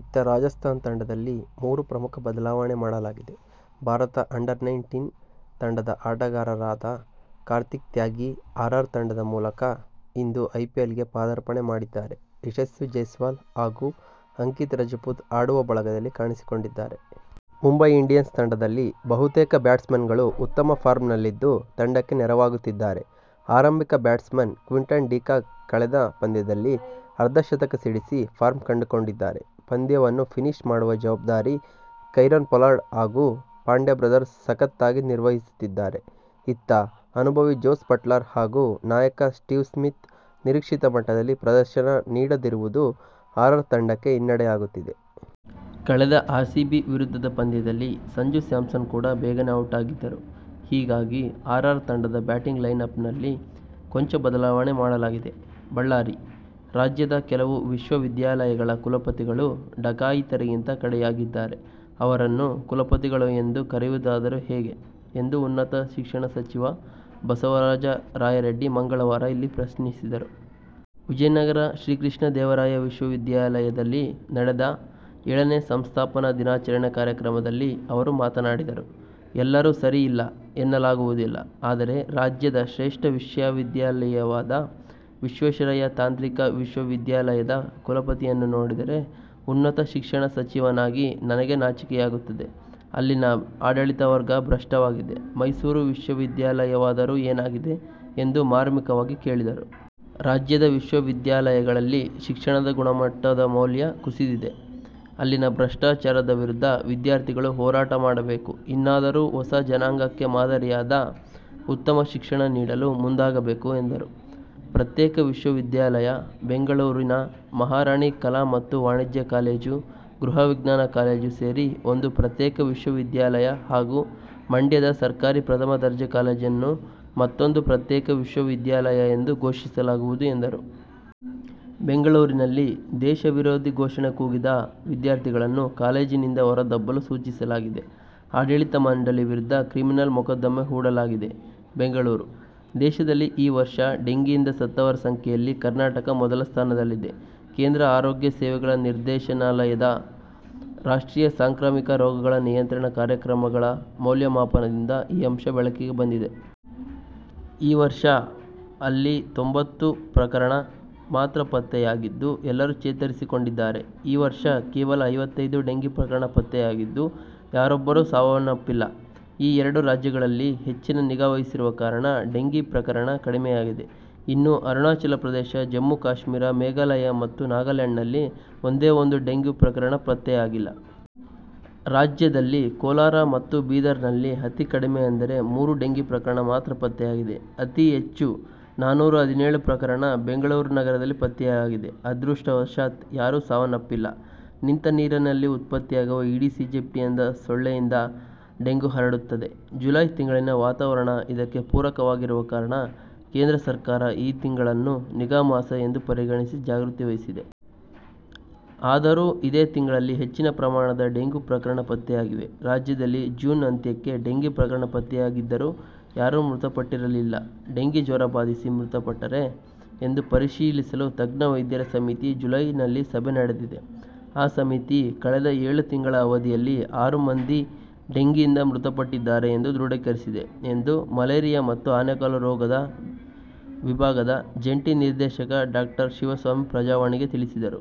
ಇತ್ತ ರಾಜಸ್ಥಾನ್ ತಂಡದಲ್ಲಿ ಮೂರು ಪ್ರಮುಖ ಬದಲಾವಣೆ ಮಾಡಲಾಗಿದೆ. ಭಾರತ ಅಂಡರ್-ನೈನ್ ಟೀನ್ ತಂಡದ ಆಟಗಾರ ಕಾರ್ತಿಕ್ ತ್ಯಾಗಿ ಆರ್ ಆರ್ ತಂಡದ ಮೂಲಕ ಇಂದು ಐ ಪಿ ಎಲ್ ಗೆ ಪದಾರ್ಪಣೆ ಮಾಡಿದ್ದಾರೆ. ಯಶಸ್ವಿ ಜೈಸ್ವಾಲ್ ಹಾಗೂ ಅಂಕಿತ್ ರಜಪೂತ್ ಆಡುವ ಬಳಗದಲ್ಲಿ ಕಾಣಿಸಿಕೊಂಡಿದ್ದಾರೆ. ಮುಂಬೈ ಇಂಡಿಯನ್ಸ್ ತಂಡದಲ್ಲಿ ಬಹುತೇಕ ಬ್ಯಾಟ್ಸ್ಮನ್ಗಳು ಉತ್ತಮ ಫಾರ್ಮ್ನಲ್ಲಿದ್ದು ತಂಡಕ್ಕೆ ನೆರವಾಗುತ್ತಿದ್ದಾರೆ. ಆರಂಭಿಕ ಬ್ಯಾಟ್ಸ್ಮನ್ ಕ್ವಿಂಟನ್ ಡಿಕಾಕ್ ಕಳೆದ ಪಂದ್ಯದಲ್ಲಿ ಅರ್ಧಶತಕ ಸಿಡಿಸಿ ಫಾರ್ಮ್ ಕಂಡುಕೊಂಡಿದ್ದಾರೆ. ಪಂದ್ಯವನ್ನು ಫಿನಿಶ್ ಮಾಡುವ ಜವಾಬ್ದಾರಿ ಕೀರೊನ್ ಪೊಲಾರ್ಡ್ ಹಾಗೂ ಪಾಂಡ್ಯ ಬ್ರದರ್ಸ್ ಸಖತ್ ಆಗಿ ನಿರ್ವಹಿಸುತ್ತಿದ್ದಾರೆ. ಇತ್ತ ಅನುಭವಿ ಜೋಸ್ ಬಟ್ಲರ್ ಹಾಗೂ ನಾಯಕ ಸ್ಟೀವ್ ಸ್ಮಿತ್ ನಿರೀಕ್ಷಿತ ಮಟ್ಟದಲ್ಲಿ ಪ್ರದರ್ಶನ ನೀಡದಿರುವುದು ಆರ್ಆರ್ ತಂಡಕ್ಕೆ ಹಿನ್ನಡೆಯಾಗುತ್ತಿದೆ. ಕಳೆದ ಆರ್ಸಿಬಿ ವಿರುದ್ಧದ ಪಂದ್ಯದಲ್ಲಿ ಸಂಜು ಸ್ಯಾಮ್ಸನ್ ಕೂಡ ಬೇಗನೆ ಔಟ್ ಆಗಿದ್ದರು. ಹೀಗಾಗಿ ಆರ್ಆರ್ ತಂಡದ ಬ್ಯಾಟಿಂಗ್ ಲೈನ್ಅಪ್ನಲ್ಲಿ ಕೊಂಚ ಬದಲಾವಣೆ ಮಾಡಲಾಗಿದೆ. ಬಳ್ಳಾರಿ: 'ರಾಜ್ಯದ ಕೆಲವು ವಿಶ್ವವಿದ್ಯಾಲಯಗಳ ಕುಲಪತಿಗಳು ಡಕಾಯಿತರಿಗಿಂತ ಕಡೆಯಾಗಿದ್ದಾರೆ. ಅವರನ್ನು ಕುಲಪತಿಗಳು ಎಂದು ಕರೆಯುವುದಾದರೂ ಹೇಗೆ' ಎಂದು ಉನ್ನತ ಶಿಕ್ಷಣ ಸಚಿವ ಬಸವರಾಜ ರಾಯರೆಡ್ಡಿ ಮಂಗಳವಾರ ಇಲ್ಲಿ ಪ್ರಶ್ನಿಸಿದರು. ವಿಜಯನಗರ ಶ್ರೀಕೃಷ್ಣದೇವರಾಯ ವಿಶ್ವವಿದ್ಯಾಲಯದಲ್ಲಿ ನಡೆದ ಏಳನೇ ಸಂಸ್ಥಾಪನಾ ದಿನಾಚರಣೆ ಕಾರ್ಯಕ್ರಮದಲ್ಲಿ ಅವರು ಮಾತನಾಡಿದರು. 'ಎಲ್ಲರೂ ಸರಿ ಇಲ್ಲ ಎನ್ನಲಾಗುವುದಿಲ್ಲ. ಆದರೆ ರಾಜ್ಯದ ಶ್ರೇಷ್ಠ ವಿಶ್ವವಿದ್ಯಾಲಯವಾದ ವಿಶ್ವೇಶ್ವರಯ್ಯ ತಾಂತ್ರಿಕ ವಿಶ್ವವಿದ್ಯಾಲಯದ ಕುಲಪತಿಯನ್ನು ನೋಡಿದರೆ ಉನ್ನತ ಶಿಕ್ಷಣ ಸಚಿವನಾಗಿ ನನಗೆ ನಾಚಿಕೆಯಾಗುತ್ತದೆ. ಅಲ್ಲಿನ ಆಡಳಿತ ವರ್ಗ ಭ್ರಷ್ಟವಾಗಿದೆ. ಮೈಸೂರು ವಿಶ್ವವಿದ್ಯಾಲಯವಾದರೂ ಏನಾಗಿದೆ' ಎಂದು ಮಾರ್ಮಿಕವಾಗಿ ಕೇಳಿದರು. 'ರಾಜ್ಯದ ವಿಶ್ವವಿದ್ಯಾಲಯಗಳಲ್ಲಿ ಶಿಕ್ಷಣದ ಗುಣಮಟ್ಟ, ಮೌಲ್ಯ ಕುಸಿದಿವೆ. ಅಲ್ಲಿನ ಭ್ರಷ್ಟಾಚಾರದ ವಿರುದ್ಧ ವಿದ್ಯಾರ್ಥಿಗಳು ಹೋರಾಟ ಮಾಡಬೇಕು. ಇನ್ನಾದರೂ ಹೊಸ ಜನಾಂಗಕ್ಕೆ ಮಾದರಿಯಾದ, ಉತ್ತಮ ಶಿಕ್ಷಣ ನೀಡಲು ಮುಂದಾಗಬೇಕು' ಎಂದರು. ಪ್ರತ್ಯೇಕ ವಿಶ್ವವಿದ್ಯಾಲಯ: ಬೆಂಗಳೂರಿನ ಮಹಾರಾಣಿ ಕಲಾ ಮತ್ತು ವಾಣಿಜ್ಯ ಕಾಲೇಜು, ಗೃಹ ವಿಜ್ಞಾನ ಕಾಲೇಜು ಸೇರಿ ಒಂದು ಪ್ರತ್ಯೇಕ ವಿಶ್ವವಿದ್ಯಾಲಯ ಹಾಗೂ ಮಂಡ್ಯದ ಸರ್ಕಾರಿ ಪ್ರಥಮ ದರ್ಜೆ ಕಾಲೇಜನ್ನು ಮತ್ತೊಂದು ಪ್ರತ್ಯೇಕ ವಿಶ್ವವಿದ್ಯಾಲಯ ಎಂದು ಘೋಷಿಸಲಾಗುವುದು ಎಂದರು. ಬೆಂಗಳೂರಿನಲ್ಲಿ ದೇಶವಿರೋಧಿ ಘೋಷಣೆ ಕೂಗಿದ ವಿದ್ಯಾರ್ಥಿಗಳನ್ನು ಕಾಲೇಜಿನಿಂದ ಹೊರದಬ್ಬಲು ಸೂಚಿಸಲಾಗಿದೆ. ಆಡಳಿತ ಮಂಡಳಿ ವಿರುದ್ಧ ಕ್ರಿಮಿನಲ್ ಮೊಕದ್ದಮೆ ಹೂಡಲಾಗಿದೆ ಬೆಂಗಳೂರು: ದೇಶದಲ್ಲಿ ಈ ವರ್ಷ ಡೆಂಗಿಯಿಂದ ಸತ್ತವರ ಸಂಖ್ಯೆಯಲ್ಲಿ ಕರ್ನಾಟಕ ಮೊದಲ ಸ್ಥಾನದಲ್ಲಿದೆ. ಕೇಂದ್ರ ಆರೋಗ್ಯ ಸೇವೆಗಳ ನಿರ್ದೇಶನಾಲಯದ ರಾಷ್ಟ್ರೀಯ ಸಾಂಕ್ರಾಮಿಕ ರೋಗಗಳ ನಿಯಂತ್ರಣ ಕಾರ್ಯಕ್ರಮಗಳ ಮೌಲ್ಯಮಾಪನದಿಂದ ಈ ಅಂಶ ಬೆಳಕಿಗೆ ಬಂದಿದೆ. ಈ ವರ್ಷ ಅಲ್ಲಿ ತೊಂಬತ್ತು ಪ್ರಕರಣ ಮಾತ್ರ ಪತ್ತೆಯಾಗಿದ್ದು, ಎಲ್ಲರೂ ಚೇತರಿಸಿಕೊಂಡಿದ್ದಾರೆ. ಈ ವರ್ಷ ಕೇವಲ ಐವತ್ತೈದು ಡೆಂಗಿ ಪ್ರಕರಣ ಪತ್ತೆಯಾಗಿದ್ದು, ಯಾರೊಬ್ಬರು ಸಾವಪ್ಪಿಲ್ಲ. ಈ ಎರಡು ರಾಜ್ಯಗಳಲ್ಲಿ ಹೆಚ್ಚಿನ ನಿಗಾ ವಹಿಸಿರುವ ಕಾರಣ ಡೆಂಗಿ ಪ್ರಕರಣ ಕಡಿಮೆಯಾಗಿದೆ. ಇನ್ನು ಅರುಣಾಚಲ ಪ್ರದೇಶ, ಜಮ್ಮು ಕಾಶ್ಮೀರ, ಮೇಘಾಲಯ ಮತ್ತು ನಾಗಾಲ್ಯಾಂಡ್ನಲ್ಲಿ ಒಂದೇ ಒಂದು ಡೆಂಗಿ ಪ್ರಕರಣ ಪತ್ತೆಯಾಗಿಲ್ಲ. ರಾಜ್ಯದಲ್ಲಿ ಕೋಲಾರ ಮತ್ತು ಬೀದರ್ನಲ್ಲಿ ಅತಿ ಕಡಿಮೆ ಅಂದರೆ ಮೂರು ಡೆಂಗಿ ಪ್ರಕರಣ ಮಾತ್ರ ಪತ್ತೆಯಾಗಿದೆ. ಅತೀ ಹೆಚ್ಚು ನಾನೂರ ಹದಿನೇಳು ಪ್ರಕರಣ ಬೆಂಗಳೂರು ನಗರದಲ್ಲಿ ಪತ್ತೆಯಾಗಿದೆ. ಅದೃಷ್ಟವಶಾತ್ ಯಾರೂ ಸಾವನಪ್ಪಿಲ್ಲ. ನಿಂತ ನೀರಿನಲ್ಲಿ ಉತ್ಪತ್ತಿಯಾಗುವ ಈಡಿಸ್ ಈಜಿಪ್ಟಿ ಎಂಬ ಸೊಳ್ಳೆಯಿಂದ ಡೆಂಗಿ ಹರಡುತ್ತದೆ. ಜುಲೈ ತಿಂಗಳಿನ ವಾತಾವರಣ ಇದಕ್ಕೆ ಪೂರಕವಾಗಿರುವ ಕಾರಣ ಕೇಂದ್ರ ಸರ್ಕಾರ, ಈ ತಿಂಗಳನ್ನು 'ನಿಗಾ ಮಾಸ' ಎಂದು ಪರಿಗಣಿಸಿ ಜಾಗೃತಿ ವಹಿಸಿದೆ. ಅದರೂ ಇದೇ ತಿಂಗಳಲ್ಲಿ ಹೆಚ್ಚಿನ ಪ್ರಮಾಣದ ಡೆಂಗಿ ಪ್ರಕರಣ ಪತ್ತೆಯಾಗಿವೆ. ರಾಜ್ಯದಲ್ಲಿ ಜೂನ್ ಅಂತ್ಯಕ್ಕೆ ಡೆಂಗಿ ಪ್ರಕರಣ ಪತ್ತೆಯಾಗಿದ್ದರೂ ಯಾರೂ ಮೃತಪಟ್ಟಿರಲಿಲ್ಲ. 'ಡೆಂಗಿ ಜ್ವರ ಬಾಧಿಸಿ ಮೃತಪಟ್ಟರೇ ಎಂದು ಪರಿಶೀಲಿಸಲು ತಜ್ಞ ವೈದ್ಯರ ಸಮಿತಿ ಜುಲೈನಲ್ಲಿ ಸಭೆ ನಡೆದಿದೆ. ಆ ಸಮಿತಿ ಕಳೆದ ಏಳು ತಿಂಗಳ ಅವಧಿಯಲ್ಲಿ ಆರು ಮಂದಿ ಡೆಂಗಿಯಿಂದ ಮೃತಪಟ್ಟಿದ್ದಾರೆ ಎಂದು ದೃಢೀಕರಿಸಿದೆ' ಎಂದು ಮಲೇರಿಯಾ ಮತ್ತು ಆನೆಕಾಲು ರೋಗ ವಿಭಾಗದ ಜಂಟಿ ನಿರ್ದೇಶಕ ಡಾ. ಶಿವಸ್ವಾಮಿ 'ಪ್ರಜಾವಾಣಿ'ಗೆ ತಿಳಿಸಿದರು.